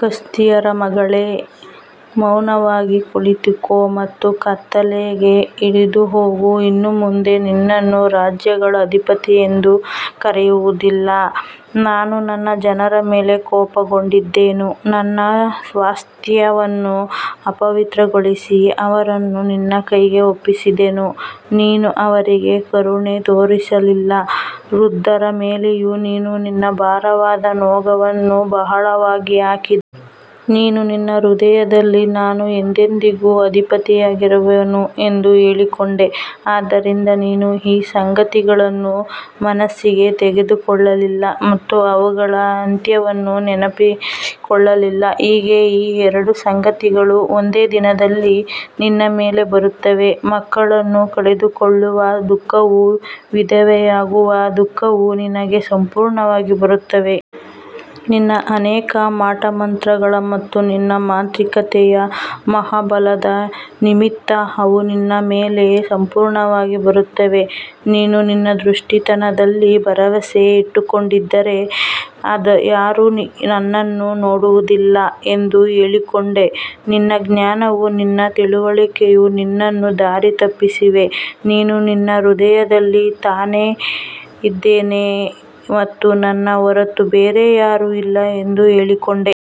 ಕಸ್ದೀಯರ ಮಗಳೇ, ಮೌನವಾಗಿ ಕುಳಿತುಕೋ ಮತ್ತು ಕತ್ತಲೆಗೆ ಇಳಿದುಹೋಗು. ಇನ್ನು ಮುಂದೆ ನಿನ್ನನ್ನು ರಾಜ್ಯಗಳ ಅಧಿಪತಿಯೆಂದು ಕರೆಯುವುದಿಲ್ಲ. ನಾನು ನನ್ನ ಜನರ ಮೇಲೆ ಕೋಪಗೊಂಡಿದ್ದೆನು. ನನ್ನ ಸ್ವಾಸ್ತ್ಯವನ್ನು ಅಪವಿತ್ರಗೊಳಿಸಿ ಅವರನ್ನು ನಿನ್ನ ಕೈಗೆ ಒಪ್ಪಿಸಿದ್ದೆನು. ನೀನು ಅವರಿಗೆ ಕರುಣೆ ತೋರಿಸಲಿಲ್ಲ. ವೃದ್ಧರ ಮೇಲೆಯೂ ನೀನು ನಿನ್ನ ಭಾರವಾದ ನೊಗವನ್ನು ಬಹಳವಾಗಿ ಹಾಕಿದ್ದೆ. ನೀನು ನಿನ್ನ ಹೃದಯದಲ್ಲಿ, ನಾನು ಎಂದೆಂದಿಗೂ ಅಧಿಪತಿಯಾಗಿರುವೆನು ಎಂದು ಹೇಳಿಕೊಂಡೆ. ಆದ್ದರಿಂದ ನೀನು ಈ ಸಂಗತಿಗಳನ್ನು ಮನಸ್ಸಿಗೆ ತೆಗೆದುಕೊಳ್ಳಲಿಲ್ಲ ಮತ್ತು ಅವುಗಳ ಅಂತ್ಯವನ್ನು ನೆನಪಿಸಿಕೊಳ್ಳಲಿಲ್ಲ. ಈಗ ಈ ಎರಡು ಸಂಗತಿಗಳು ಒಂದೇ ದಿನದಲ್ಲಿ ನಿನ್ನ ಮೇಲೆ ಬರುತ್ತವೆ. ಮಕ್ಕಳನ್ನು ಕಳೆದುಕೊಳ್ಳುವ ದುಃಖವೂ ವಿಧವೆಯಾಗುವ ದುಃಖವೂ ನಿನಗೆ ಸಂಪೂರ್ಣವಾಗಿ ಬರುತ್ತವೆ. ನಿನ್ನ ಅನೇಕ ಮಾಟಮಂತ್ರಗಳ ಮತ್ತು ನಿನ್ನ ಮಾಂತ್ರಿಕತೆಯ ಮಹಾ ಬಲದ ನಿಮಿತ್ತ ಅವು ನಿನ್ನ ಮೇಲೆ ಸಂಪೂರ್ಣವಾಗಿ ಬರುತ್ತವೆ. ನೀನು ನಿನ್ನ ದುಷ್ಟತನದಲ್ಲಿ ಭರವಸೆ ಇಟ್ಟುಕೊಂಡಿದ್ದೆ. ಯಾರೂ ನನ್ನನ್ನು ನೋಡುವುದಿಲ್ಲ ಎಂದು ಹೇಳಿಕೊಂಡೆ. ನಿನ್ನ ಜ್ಞಾನವೂ ನಿನ್ನ ತಿಳುವಳಿಕೆಯೂ ನಿನ್ನನ್ನು ದಾರಿ ತಪ್ಪಿಸಿವೆ. ನೀನು ನಿನ್ನ ಹೃದಯದಲ್ಲಿ, ನಾನೇ ಇದ್ದೇನೆ ಮತ್ತು ನನ್ನ ಹೊರತು ಬೇರೆ ಯಾರೂ ಇಲ್ಲ ಎಂದು ಹೇಳಿಕೊಂಡೆ.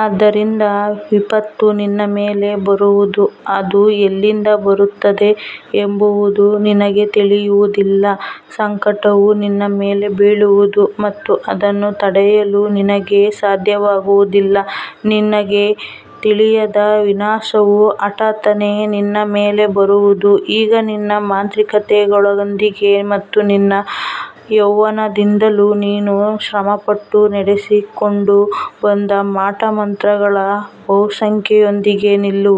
ಆದ್ದರಿಂದ ವಿಪತ್ತು ನಿನ್ನ ಮೇಲೆ ಬರುವುದು. ಅದು ಎಲ್ಲಿಂದ ಬರುತ್ತದೆ ಎಂಬುದು ನಿನಗೆ ತಿಳಿಯುವುದಿಲ್ಲ. ಸಂಕಟವು ನಿನ್ನ ಮೇಲೆ ಬೀಳುವುದು ಮತ್ತು ಅದನ್ನು ತಡೆಯಲು ನಿನಗೆ ಸಾಧ್ಯವಾಗುವುದಿಲ್ಲ. ನಿನಗೆ ತಿಳಿಯದ ವಿನಾಶವು ಹಠಾತ್ತನೆ ನಿನ್ನ ಮೇಲೆ ಬರುವುದು. ಈಗ ನಿನ್ನ ಮಾಂತ್ರಿಕತೆಗಳೊಂದಿಗೆ ಮತ್ತು ನಿನ್ನ ಯೌವನದಿಂದಲೂ ನೀನು ಶ್ರಮಪಟ್ಟು ನಡೆಸಿಕೊಂಡು ಬಂದ ಮಾಟಮಂತ್ರಗಳ ಬಹುಸಂಖ್ಯೆಯೊಂದಿಗೆ ನಿಲ್ಲು.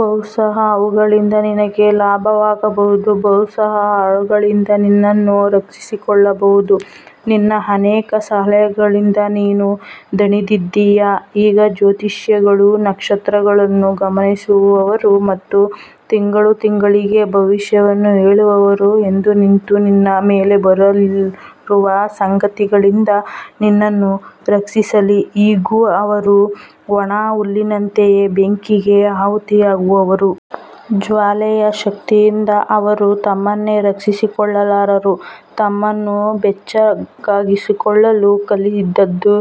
ಬಹುಶಃ ಅವುಗಳಿಂದ ನಿನಗೆ ಲಾಭವಾಗಬಹುದು. ಬಹುಶಃ ಅವುಗಳಿಂದ ನಿನ್ನನ್ನು ರಕ್ಷಿಸಿಕೊಳ್ಳಬಹುದು. ನಿನ್ನ ಅನೇಕ ಸಲಹೆಗಳಿಂದ ನೀನು ದಣಿದಿದ್ದೀಯ. ಈಗ ಜ್ಯೋತಿಷಿಗಳು, ನಕ್ಷತ್ರಗಳನ್ನು ಗಮನಿಸುವವರು ಮತ್ತು ತಿಂಗಳುತಿಂಗಳಿಗೆ ಭವಿಷ್ಯವನ್ನು ಹೇಳುವವರು ಎದ್ದು ನಿಂತು ನಿನ್ನ ಮೇಲೆ ಬರಲಿರುವ ಸಂಗತಿಗಳಿಂದ ನಿನ್ನನ್ನು ರಕ್ಷಿಸಲಿ. ಇಗೋ, ಅವರು ಒಣ ಹುಲ್ಲಿನಂತೆಯೇ ಬೆಂಕಿಗೆ ಆಹುತಿಯಾಗುವರು. ಜ್ವಾಲೆಯ ಶಕ್ತಿಯಿಂದ ಅವರು ತಮ್ಮನ್ನೇ ರಕ್ಷಿಸಿಕೊಳ್ಳಲಾರರು. ತಮ್ಮನ್ನು ಬೆಚ್ಚಗಾಗಿಸಿಕೊಳ್ಳಲು ಕಲ್ಲಿದ್ದಲೂ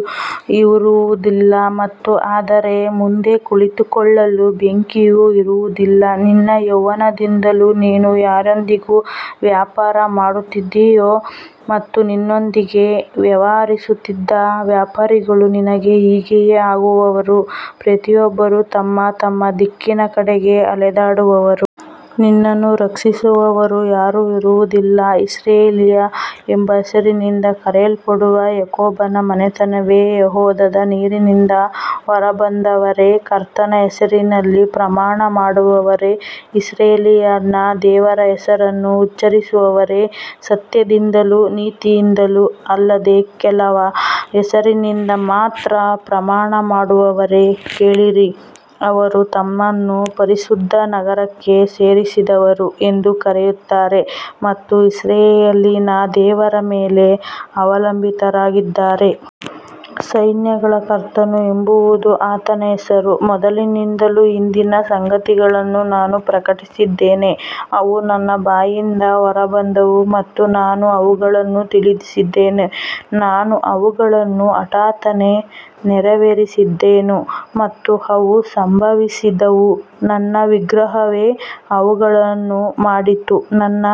ಇರುವುದಿಲ್ಲ ಮತ್ತು ಅದರ ಮುಂದೆ ಕುಳಿತುಕೊಳ್ಳಲು ಬೆಂಕಿಯೂ ಇರುವುದಿಲ್ಲ. ನಿನ್ನ ಯೌವನದಿಂದಲೂ ನೀನು ಯಾರೊಂದಿಗೆ ವ್ಯಾಪಾರ ಮಾಡುತ್ತಿದ್ದೀಯೋ ಮತ್ತು ನಿನ್ನೊಂದಿಗೆ ವ್ಯವಹರಿಸುತ್ತಿದ್ದ ವ್ಯಾಪಾರಿಗಳೂ ನಿನಗೆ ಹೀಗೆಯೇ ಆಗುವರು. ಪ್ರತಿಯೊಬ್ಬರೂ ತಮ್ಮ ತಮ್ಮ ದಿಕ್ಕಿನ ಕಡೆಗೆ ಅಲೆದಾಡುವರು. ನಿನ್ನನ್ನು ರಕ್ಷಿಸುವವರು ಯಾರೂ ಇರುವುದಿಲ್ಲ. ಇಸ್ರಾಯೇಲ್ ಎಂಬ ಹೆಸರಿನಿಂದ ಕರೆಯಲ್ಪಡುವ ಯಾಕೋಬನ ಮನೆತನವೇ, ಯೆಹೂದದ ನೀರಿನಿಂದ ಹೊರಬಂದವರೇ, ಕರ್ತನ ಹೆಸರಿನಲ್ಲಿ ಪ್ರಮಾಣಮಾಡುವವರೇ, ಇಸ್ರಾಯೇಲಿನ ದೇವರ ಹೆಸರನ್ನು ಉಚ್ಚರಿಸುವವರೇ, ಸತ್ಯದಿಂದಲೂ ನೀತಿಯಿಂದಲೂ ಅಲ್ಲದೆ ಕೇವಲ ಹೆಸರಿನಿಂದ ಮಾತ್ರ ಪ್ರಮಾಣಮಾಡುವವರೇ, ಕೇಳಿರಿ. ಅವರು ತಮ್ಮನ್ನು ಪರಿಶುದ್ಧ ನಗರಕ್ಕೆ ಸೇರಿದವರು ಎಂದು ಕರೆಯುತ್ತಾರೆ ಮತ್ತು ಇಸ್ರಾಯೇಲಿನ ದೇವರ ಮೇಲೆ ಅವಲಂಬಿತರಾಗಿದ್ದಾರೆ. ಸೈನ್ಯಗಳ ಕರ್ತನು ಎಂಬುದು ಆತನ ಹೆಸರು. ಮೊದಲಿನಿಂದಲೂ ಹಿಂದಿನ ಸಂಗತಿಗಳನ್ನು ನಾನು ಪ್ರಕಟಿಸಿದ್ದೇನೆ. ಅವು ನನ್ನ ಬಾಯಿಂದ ಹೊರಬಂದವು ಮತ್ತು ನಾನು ಅವುಗಳನ್ನು ತಿಳಿಸಿದೆನು. ನಾನು ಅವುಗಳನ್ನು ಹಠಾತ್ತನೆ ನೆರವೇರಿಸಿದೆನು ಮತ್ತು ಅವು ಸಂಭವಿಸಿದವು. ನನ್ನ ವಿಗ್ರಹವೇ ಅವುಗಳನ್ನು ಮಾಡಿತು, ನನ್ನ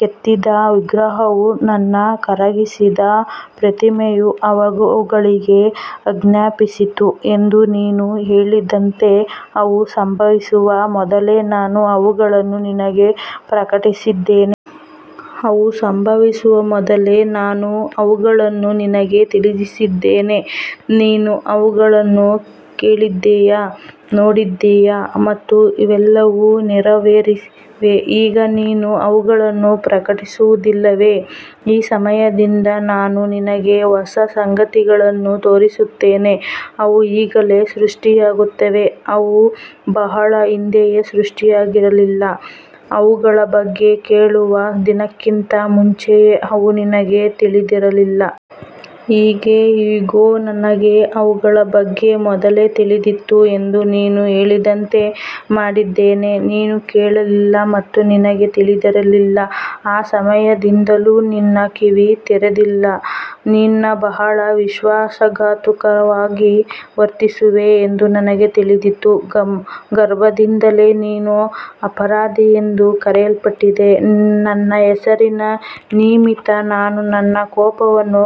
ಕೆತ್ತಿದ ವಿಗ್ರಹವೂ ನನ್ನ ಕರಗಿಸಿದ ಪ್ರತಿಮೆಯೂ ಅವುಗಳಿಗೆ ಆಜ್ಞಾಪಿಸಿತು ಎಂದು ನೀನು ಹೇಳದಂತೆ, ಅವು ಸಂಭವಿಸುವ ಮೊದಲೇ ನಾನು ಅವುಗಳನ್ನು ನಿನಗೆ ಪ್ರಕಟಿಸಿದ್ದೇನೆ. ಅವು ಸಂಭವಿಸುವ ಮೊದಲೇ ನಾನು ಅವುಗಳನ್ನು ನಿನಗೆ ತಿಳಿಸಿದ್ದೇನೆ. ನೀನು ಅವುಗಳನ್ನು ಕೇಳಿದ್ದೀಯೆ, ನೋಡಿದ್ದೀಯೆ ಮತ್ತು ಇವೆಲ್ಲವೂ ನೆರವೇರಿವೆ. ಈಗ ನೀನು ಅವುಗಳನ್ನು ಪ್ರಕಟಿಸುವುದಿಲ್ಲವೇ? ಈ ಸಮಯದಿಂದ ನಾನು ನಿನಗೆ ಹೊಸ ಸಂಗತಿಗಳನ್ನು ತೋರಿಸುತ್ತೇನೆ. ಅವು ಈಗಲೇ ಸೃಷ್ಟಿಯಾಗುತ್ತಿವೆ. ಅವು ಬಹಳ ಹಿಂದೆಯೇ ಸೃಷ್ಟಿಯಾಗಿರಲಿಲ್ಲ. ಅವುಗಳ ಬಗ್ಗೆ ಕೇಳುವ ದಿನಕ್ಕಿಂತ ಮುಂಚೆಯೇ ಅವು ನಿನಗೆ ತಿಳಿದಿರಲಿಲ್ಲ. ಹೀಗೆ, ಇಗೋ, ನನಗೆ ಅವುಗಳ ಬಗ್ಗೆ ಮೊದಲೇ ತಿಳಿದಿತ್ತು ಎಂದು ನೀನು ಹೇಳದಂತೆ ಮಾಡಿದ್ದೇನೆ. ನೀನು ಕೇಳಲಿಲ್ಲ ಮತ್ತು ನಿನಗೆ ತಿಳಿದಿರಲಿಲ್ಲ. ಆ ಸಮಯದಿಂದಲೂ ನಿನ್ನ ಕಿವಿ ತೆರೆದಿರಲಿಲ್ಲ. ನೀನು ಬಹಳ ವಿಶ್ವಾಸಘಾತುಕವಾಗಿ ವರ್ತಿಸುವೆ ಎಂದು ನನಗೆ ತಿಳಿದಿತ್ತು. ಗರ್ಭದಿಂದಲೇ ನೀನು ಅಪರಾಧಿಯೆಂದು ಕರೆಯಲ್ಪಟ್ಟಿದ್ದೆ. ನನ್ನ ಹೆಸರಿನ ನಿಮಿತ್ತ ನಾನು ನನ್ನ ಕೋಪವನ್ನು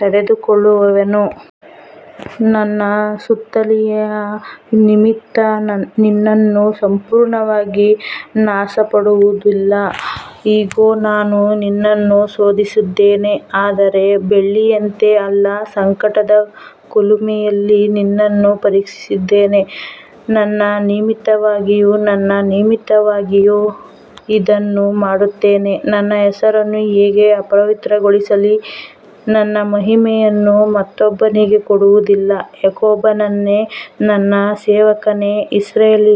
ತಡೆದುಕೊಳ್ಳುವೆನು. ನನ್ನ ಸ್ತುತಿಯ ನಿಮಿತ್ತ ನಿನ್ನನ್ನು ಸಂಪೂರ್ಣವಾಗಿ ನಾಶಮಾಡುವುದಿಲ್ಲ. ಇಗೋ, ನಾನು ನಿನ್ನನ್ನು ಶೋಧಿಸಿದ್ದೇನೆ, ಆದರೆ ಬೆಳ್ಳಿಯಂತೆ ಅಲ್ಲ. ಸಂಕಟದ ಕುಲುಮೆಯಲ್ಲಿ ನಿನ್ನನ್ನು ಪರೀಕ್ಷಿಸಿದ್ದೇನೆ. ನನ್ನ ನಿಮಿತ್ತವಾಗಿಯೇ, ನನ್ನ ನಿಮಿತ್ತವಾಗಿಯೇ ಇದನ್ನು ಮಾಡುತ್ತೇನೆ. ನನ್ನ ಹೆಸರನ್ನು ಹೇಗೆ ಅಪವಿತ್ರಗೊಳಿಸಲಿ? ನನ್ನ ಮಹಿಮೆಯನ್ನು ಮತ್ತೊಬ್ಬನಿಗೆ ಕೊಡುವುದಿಲ್ಲ. ಯಾಕೋಬನೇ, ನನ್ನ ಸೇವಕನೇ, ಇಸ್ರಾಯೇಲೇ,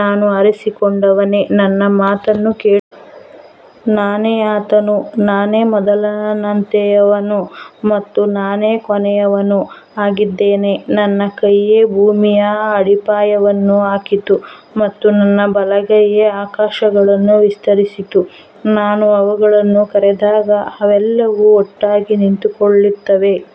ನಾನು ಆರಿಸಿಕೊಂಡವನೇ, ನನ್ನ ಮಾತನ್ನು ಕೇಳು. ನಾನೇ ಆತನು. ನಾನೇ ಮೊದಲನೆಯವನು ಮತ್ತು ನಾನೇ ಕೊನೆಯವನೂ ಆಗಿದ್ದೇನೆ. ನನ್ನ ಕೈಯೇ ಭೂಮಿಯ ಅಡಿಪಾಯವನ್ನು ಹಾಕಿತು ಮತ್ತು ನನ್ನ ಬಲಗೈಯೇ ಆಕಾಶಗಳನ್ನು ವಿಸ್ತರಿಸಿತು. ನಾನು ಅವುಗಳನ್ನು ಕರೆದಾಗ ಅವೆಲ್ಲವೂ ಒಟ್ಟಾಗಿ ನಿಂತುಕೊಳ್ಳುತ್ತವೆ.